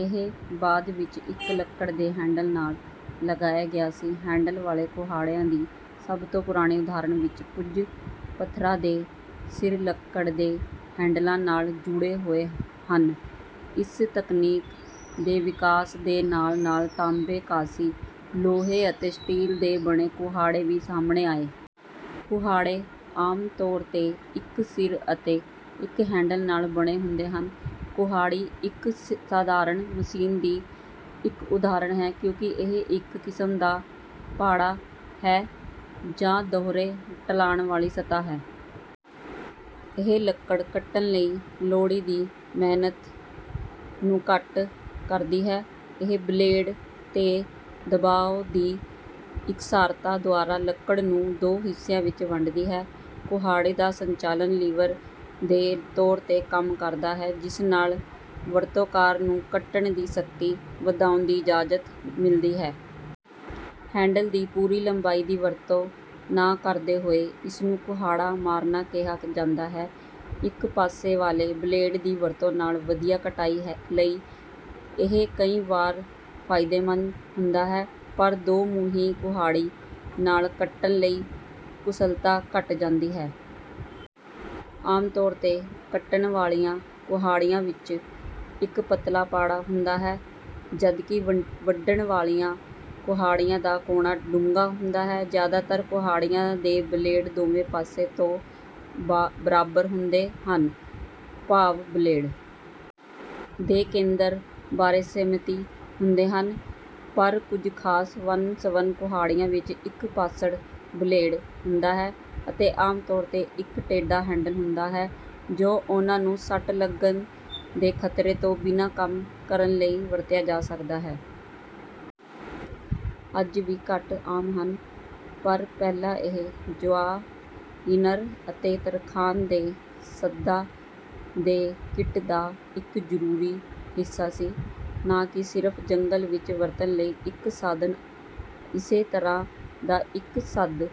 ਇਹ ਬਾਅਦ ਵਿੱਚ ਇੱਕ ਲੱਕੜ ਦੇ ਹੈਂਡਲ ਨਾਲ ਲਗਾਇਆ ਗਿਆ ਸੀ। ਹੈਂਡਲ ਵਾਲੇ ਕੁਹਾੜਿਆਂ ਦੀ ਸਭ ਤੋਂ ਪੁਰਾਣੀ ਉਦਾਹਰਣ ਵਿੱਚ ਕੁਝ ਪੱਥਰਾਂ ਦੇ ਸਿਰ ਲੱਕੜ ਦੇ ਹੈਂਡਲਾਂ ਨਾਲ ਜੁੜੇ ਹੋਏ ਹਨ। ਇਸ ਤਕਨੀਕ ਦੇ ਵਿਕਾਸ ਦੇ ਨਾਲ-ਨਾਲ ਤਾਂਬੇ, ਕਾਂਸੀ, ਲੋਹੇ ਅਤੇ ਸਟੀਲ ਦੇ ਬਣੇ ਕੁਹਾੜੇ ਵੀ ਸਾਹਮਣੇ ਆਏ। ਕੁਹਾੜੇ ਆਮ ਤੌਰ 'ਤੇ ਇੱਕ ਸਿਰ ਅਤੇ ਇੱਕ ਹੈਂਡਲ ਨਾਲ ਬਣੇ ਹੁੰਦੇ ਹਨ। ਕੁਹਾੜੀ ਇੱਕ ਸਾਧਾਰਨ ਮਸ਼ੀਨ ਦੀ ਇੱਕ ਉਦਾਹਰਣ ਹੈ, ਕਿਉਂਕਿ ਇਹ ਇੱਕ ਕਿਸਮ ਦਾ ਪਾੜਾ ਹੈ, ਜਾਂ ਦੋਹਰੇ ਢਲਾਣ ਵਾਲੀ ਸਤ੍ਹਾ ਹੈ। ਇਹ ਲੱਕੜ ਕੱਟਣ ਲਈ ਲੋੜੀਂਦੀ ਮਿਹਨਤ ਨੂੰ ਘੱਟ ਕਰਦੀ ਹੈ। ਇਹ ਬਲੇਡ 'ਤੇ ਦਬਾਅ ਦੀ ਇਕਸਾਰਤਾ ਦੁਆਰਾ ਲੱਕੜ ਨੂੰ ਦੋ ਹਿੱਸਿਆਂ ਵਿੱਚ ਵੰਡਦੀ ਹੈ। ਕੁਹਾੜੀ ਦਾ ਸੰਚਾਲਨ ਲੀਵਰ ਦੇ ਤੌਰ 'ਤੇ ਕੰਮ ਕਰਦਾ ਹੈ, ਜਿਸ ਨਾਲ ਵਰਤੋਂਕਾਰ ਨੂੰ ਕੱਟਣ ਦੀ ਸ਼ਕਤੀ ਵਧਾਉਣ ਦੀ ਇਜਾਜ਼ਤ ਮਿਲਦੀ ਹੈ। ਹੈਂਡਲ ਦੀ ਪੂਰੀ ਲੰਬਾਈ ਦੀ ਵਰਤੋਂ ਨਾ ਕਰਦੇ ਹੋਏ ਇਸਨੂੰ ਕੁਹਾੜਾ ਮਾਰਨਾ ਕਿਹਾ ਜਾਂਦਾ ਹੈ। ਇੱਕ ਪਾਸੇ ਵਾਲੇ ਬਲੇਡ ਦੀ ਵਰਤੋਂ ਨਾਲ ਵਧੀਆ ਕਟਾਈ ਲਈ ਇਹ ਕਈ ਵਾਰ ਫਾਇਦੇਮੰਦ ਹੁੰਦਾ ਹੈ, ਪਰ ਦੋ-ਮੂੰਹੀ ਕੁਹਾੜੀ ਨਾਲ ਕੱਟਣ ਲਈ ਕੁਸ਼ਲਤਾ ਘਟ ਜਾਂਦੀ ਹੈ। ਆਮ ਤੌਰ 'ਤੇ, ਕੱਟਣ ਵਾਲੀਆਂ ਕੁਹਾੜੀਆਂ ਵਿੱਚ ਇੱਕ ਪਤਲਾ ਪਾੜਾ ਹੁੰਦਾ ਹੈ, ਜਦਕਿ ਵੰਡਣ ਵਾਲੀਆਂ ਕੁਹਾੜੀਆਂ ਦਾ ਕੋਣ ਡੂੰਘਾ ਹੁੰਦਾ ਹੈ। ਜ਼ਿਆਦਾਤਰ ਕੁਹਾੜੀਆਂ ਦੇ ਬਲੇਡ ਦੋਵੇਂ ਪਾਸੇ ਤੋਂ ਬਰਾਬਰ ਹੁੰਦੇ ਹਨ, ਭਾਵ ਬਲੇਡ ਦੇ ਕੇਂਦਰ ਬਾਰੇ ਸਮਮਿਤੀ ਹੁੰਦੇ ਹਨ, ਪਰ ਕੁਝ ਖਾਸ ਵੰਨ-ਸਵੰਨ ਕੁਹਾੜੀਆਂ ਵਿੱਚ ਇੱਕ-ਪਾਸੜ ਬਲੇਡ ਹੁੰਦਾ ਹੈ, ਅਤੇ ਆਮ ਤੌਰ 'ਤੇ ਇੱਕ ਟੇਢਾ ਹੈਂਡਲ ਹੁੰਦਾ ਹੈ ਜੋ ਉਹਨਾਂ ਨੂੰ ਸੱਟ ਲੱਗਣ ਦੇ ਖਤਰੇ ਤੋਂ ਬਿਨਾਂ ਕੰਮ ਕਰਨ ਲਈ ਵਰਤਿਆ ਜਾ ਸਕਦਾ ਹੈ। ਅੱਜ ਵੀ ਘੱਟ ਆਮ ਹਨ, ਪਰ ਪਹਿਲਾਂ ਇਹ ਜੁਆਇਨਰ ਅਤੇ ਤਰਖਾਣ ਦੇ ਸੰਦਾਂ ਦੇ ਕਿੱਟ ਦਾ ਇੱਕ ਜ਼ਰੂਰੀ ਹਿੱਸਾ ਸੀ, ਨਾ ਕਿ ਸਿਰਫ ਜੰਗਲ ਵਿੱਚ ਵਰਤਣ ਲਈ ਇੱਕ ਸਾਧਨ। ਇਸੇ ਤਰ੍ਹਾਂ ਦਾ ਇੱਕ ਸੰਦ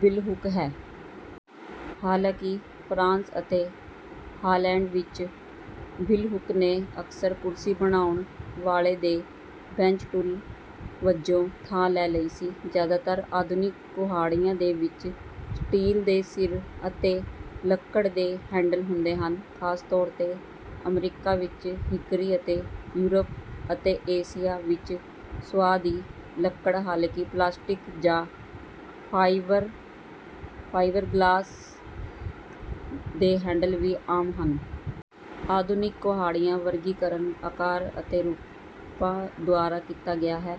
ਬਿਲਹੁੱਕ ਹੈ। ਹਾਲਾਂਕਿ, ਫਰਾਂਸ ਅਤੇ ਹਾਲੈਂਡ ਵਿੱਚ, ਬਿਲਹੁੱਕ ਨੇ ਅਕਸਰ ਕੁਰਸੀ ਬਣਾਉਣ ਵਾਲੇ ਦੇ ਬੈਂਚ ਟੂਲ ਵਜੋਂ ਥਾਂ ਲੈ ਲਈ ਸੀ। ਜ਼ਿਆਦਾਤਰ ਆਧੁਨਿਕ ਕੁਹਾੜੀਆਂ ਦੇ ਵਿੱਚ ਸਟੀਲ ਦੇ ਸਿਰ ਅਤੇ ਲੱਕੜ ਦੇ ਹੈਂਡਲ ਹੁੰਦੇ ਹਨ, ਖਾਸ ਤੌਰ 'ਤੇ ਅਮਰੀਕਾ ਵਿੱਚ ਹਿਕਰੀ ਅਤੇ ਯੂਰਪ ਅਤੇ ਏਸ਼ੀਆ ਵਿੱਚ ਸੁਆਹ ਦੀ ਲੱਕੜ, ਹਾਲਾਂਕਿ ਪਲਾਸਟਿਕ ਜਾਂ ਫਾਈਬਰਗਲਾਸ ਦੇ ਹੈਂਡਲ ਵੀ ਆਮ ਹਨ। ਆਧੁਨਿਕ ਕੁਹਾੜੀਆਂ ਦਾ ਵਰਗੀਕਰਨ, ਆਕਾਰ ਅਤੇ ਰੂਪਾਂ ਦੁਆਰਾ ਕੀਤਾ ਗਿਆ ਹੈ।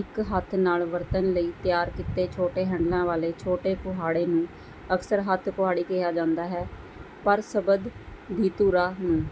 ਇੱਕ ਹੱਥ ਨਾਲ ਵਰਤਣ ਲਈ ਤਿਆਰ ਕੀਤੇ ਛੋਟੇ ਹੈਂਡਲਾਂ ਵਾਲੇ ਛੋਟੇ ਕੁਹਾੜੇ ਨੂੰ ਅਕਸਰ ਹੱਥ-ਕੁਹਾੜੀ ਕਿਹਾ ਜਾਂਦਾ ਹੈ, ਪਰ ਸ਼ਬਦ ਦੀ 'ਧੁਰਾ' ਨੂੰ